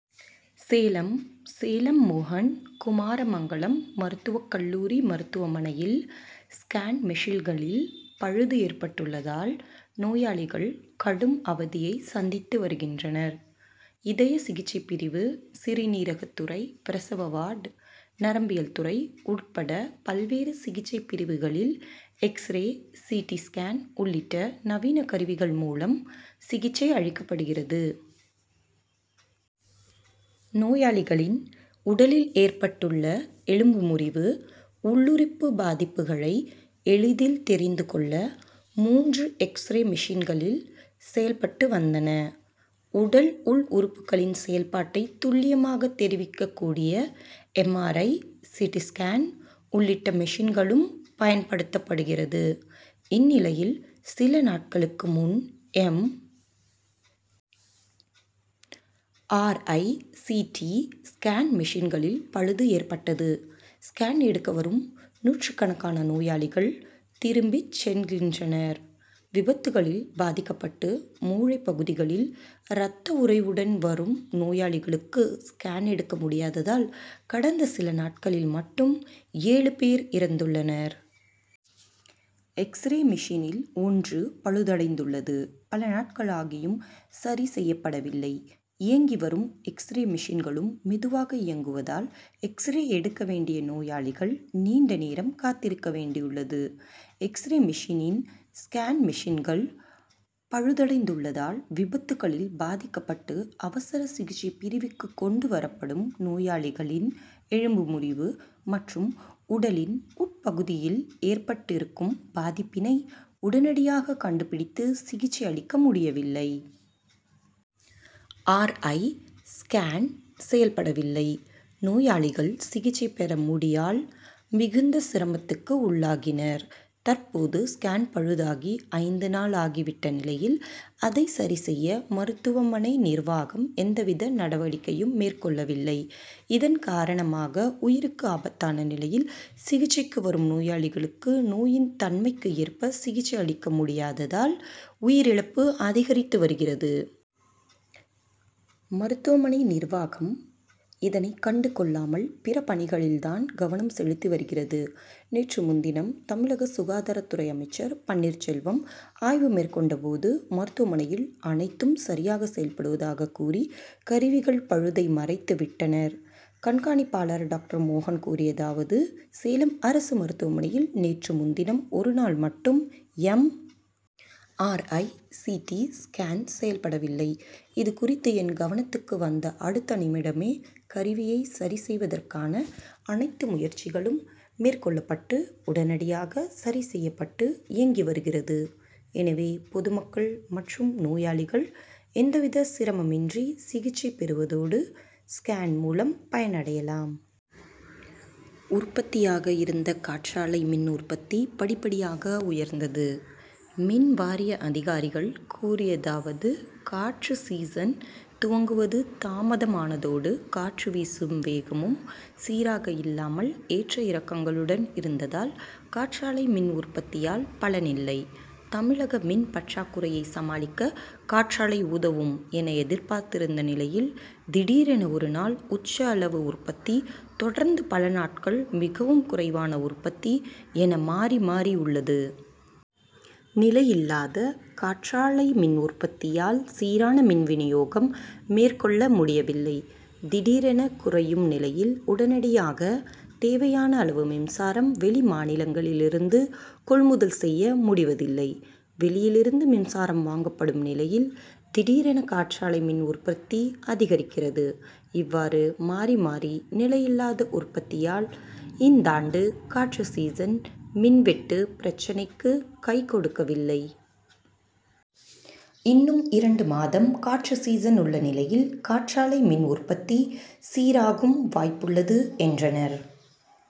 சேலம் சேலம் மோகன் குமாரமங்கலம் மருத்துவக் கல்லூரி மருத்துவமனையில் ஸ்கேன் மெஷின்களில் பழுது ஏற்பட்டுள்ளதால், நோயாளிகள் கடும் அவதியை சந்தித்து வருகின்றனர். இதய சிகிச்சை பிரிவு, சிறுநீரகத்துறை, பிரசவ வார்டு, நரம்பியல் துறை உட்பட பல்வேறு சிகிச்சை பிரிவுகளில் எக்ஸ்ரே, சி. டி., ஸ்கேன் உள்ளிட்ட நவீன கருவிகள் மூலம் சிகிச்சை அளிக்கப்படுகிறது. நோயாளிகளின் உடலில் ஏற்பட்டுள்ள எலும்பு முறிவு, உள்ளுறுப்பு பாதிப்புகளை எளிதில் தெரிந்து கொள்ள மூன்று எக்ஸ்ரே மெஷின்களில் செயல்பட்டு வந்தன. உடல் உள் உறுப்புகளின் செயல்பாட்டை துல்லியமாக தெரிவிக்கக் கூடிய M. R. I., C. T., scan உள்ளிட்ட மெஷின்களும் பயன் படுத்தப்படுகிறது. இந்நிலையில் சில நாட்களுக்கு முன் M. R. I., C. T., scan மெஷன்களில் பழுது ஏற்பட்டது. ஸ்கேன் எடுக்க வரும் நூற்றுக்கணக்கான நோயாளிகள் திரும்பிச் செல்கின்றனர். விபத்துக்களில் பாதிக்கப்பட்டு மூளை பகுதிகளில் ரத்த உறைவுடன் வரும் நோயாளிகளுக்கு ஸ்கேன் எடுக்க முடியாததால், கடந்த சில நாட்களில் மட்டும் ஏழு பேர் இறந்துள்ளனர். எக்ஸ்ரே மெஷினில் ஒன்று பழுதடைந்துள்ளது. பல நாட்கள் ஆகியும் சரி செய்யப்பட வில்லை. இயங்கி வரும் எக்ஸ்ரே மெஷின்களும் மெதுவாக இயங்குவதால் எக்ஸ்ரே எடுக்க வேண்டிய நோயாளிகள் நீண்ட நேரம் காத்திருக்க வேண்டியுள்ளது. எக்ஸ்ரே மெஷினின், ஸ்கேன் மெஷின்கள் பழுதடைந்துள்ளதால் விபத்துக்களில் பாதிக்கப்பட்டு அவசர சிகிச்சை பிரிவுக்கு கொண்டு வரப்படும் நோயாளிகளின் எலும்பு முறிவு மற்றும் உடலின் உட்பகுதியில் ஏற்பட்டு இருக்கும் பாதிப்பினை உடனடியாக கண்டு பிடித்து சிகிச்சை அளிக்க முடியவில்லை. ஆர். ஐ., ஸ்கேன் செயல்பட வில்லை. நோயாளிகள் சிகிச்சை பெற முடியால் மிகுந்த சிரமத்துக்கு உள்ளாகினர். தற்போது ஸ்கேன் பழுதாகி ஐந்து நாள் ஆகி விட்ட நிலையில், அதை சரி செய்ய மருத்துவமனை நிர்வாகம் எவ்வித நடவடிக்கையும் மேற் கொள்ளவில்லை. இதன் காரணமாக உயிருக்கு ஆபத்தான நிலையில் சிகிச்சைக்கு வரும் நோயாளிகளுக்கு நோயின் தன்மைக்கு ஏற்ப சிகிச்சை அளிக்க முடியாததால், உயிர் இழப்பு அதிகரித்து வருகிறது. மருத்துவமனை நிர்வாகம் இதனை கண்டு கொள்ளாமல் பிற பணிகளில் தான் கவனம் செலுத்தி வருகிறது. நேற்று முன்தினம் தமிழக சுகாதாரத்துறை அமைச்சர் பன்னீர் செல்வம் ஆய்வு மேற் கொண்ட போது, மருத்துவமனையில் அனைத்தும் சரியாக செயல்படுவதாக கூறி கருவிகள் பழுதை மறைத்து விட்டனர். கண்காணிப்பாளர் டாக்டர் மோகன் கூறியதாவது சேலம் அரசு மருத்துவமனையில் நேற்று முன்தினம் ஒரு நாள் மட்டும் M. R. I., C. T., scan செயல்பட வில்லை. இது குறித்து என் கவனத்துக்கு வந்த அடுத்த நிமிடமே கருவியை சரி செய்வதற்கான அனைத்து முயற்சிகளும் மேற் கொள்ளப்பட்டு உடனடியாக சரி செய்யப்பட்டு இயங்கி வருகிறது. எனவே பொதுமக்கள் மற்றும் நோயாளிகள் எவ்வித சிரமம் இன்றி சிகிச்சை பெருவதோடு ஸ்கேன் மூலம் பயன் அடையலாம். உற்பத்தியாக இருந்த காற்றாலை மின் உற்பத்தி படிப்படியாக உயர்ந்தது. மின் வாரிய அதிகாரிகள் கூறியதாவது காற்று சீசன் துவங்குவது தாமதமானதோடு, காற்று வீசும் வேகமும் சீராக இல்லாமல்; ஏற்ற இறக்கங்களுடன் இருந்ததால் காற்றாலை மின் உற்பத்தியால் பலன் இல்லை. தமிழக மின் பற்றாக்குறையை சமாளிக்க காற்றாலை உதவும் என எதிர்பார்த்திருந்த நிலையில், திடீரென ஒரு நாள் உச்ச அளவு உற்பத்தி; தொடர்ந்து பல நாட்கள் மிகவும் குறைவான உற்பத்தி என மாறி, மாறி உள்ளது. நிலையில்லாத காற்றாலை மின் உற்பத்தியால், சீரான மின் வினியோகம் மேற்கொள்ள முடியவில்லை. திடீரென குறையும் நிலையில், உடனடியாக தேவையான அளவு மின்சாரம் வெளிமாநிலங்களிலிருந்து கொள்முதல் செய்ய முடிவதில்லை. வெளியிலிருந்து மின்சாரம் வாங்கப்படும் நிலையில், திடீரென காற்றாலை மின் உற்பத்தி அதிகரிக்கிறது. இவ்வாறு, மாறி, மாறி நிலையில்லாத உற்பத்தியால் இந்தாண்டு காற்று சீசன் மின் வெட்டு பிரச்னைக்கு கை கொடுக்கவில்லை. இன்னும் இரண்டு மாதம் காற்று சீசன் உள்ள நிலையில், காற்றாலை மின் உற்பத்தி சீராகும் வாய்ப்புள்ளது, என்றனர்.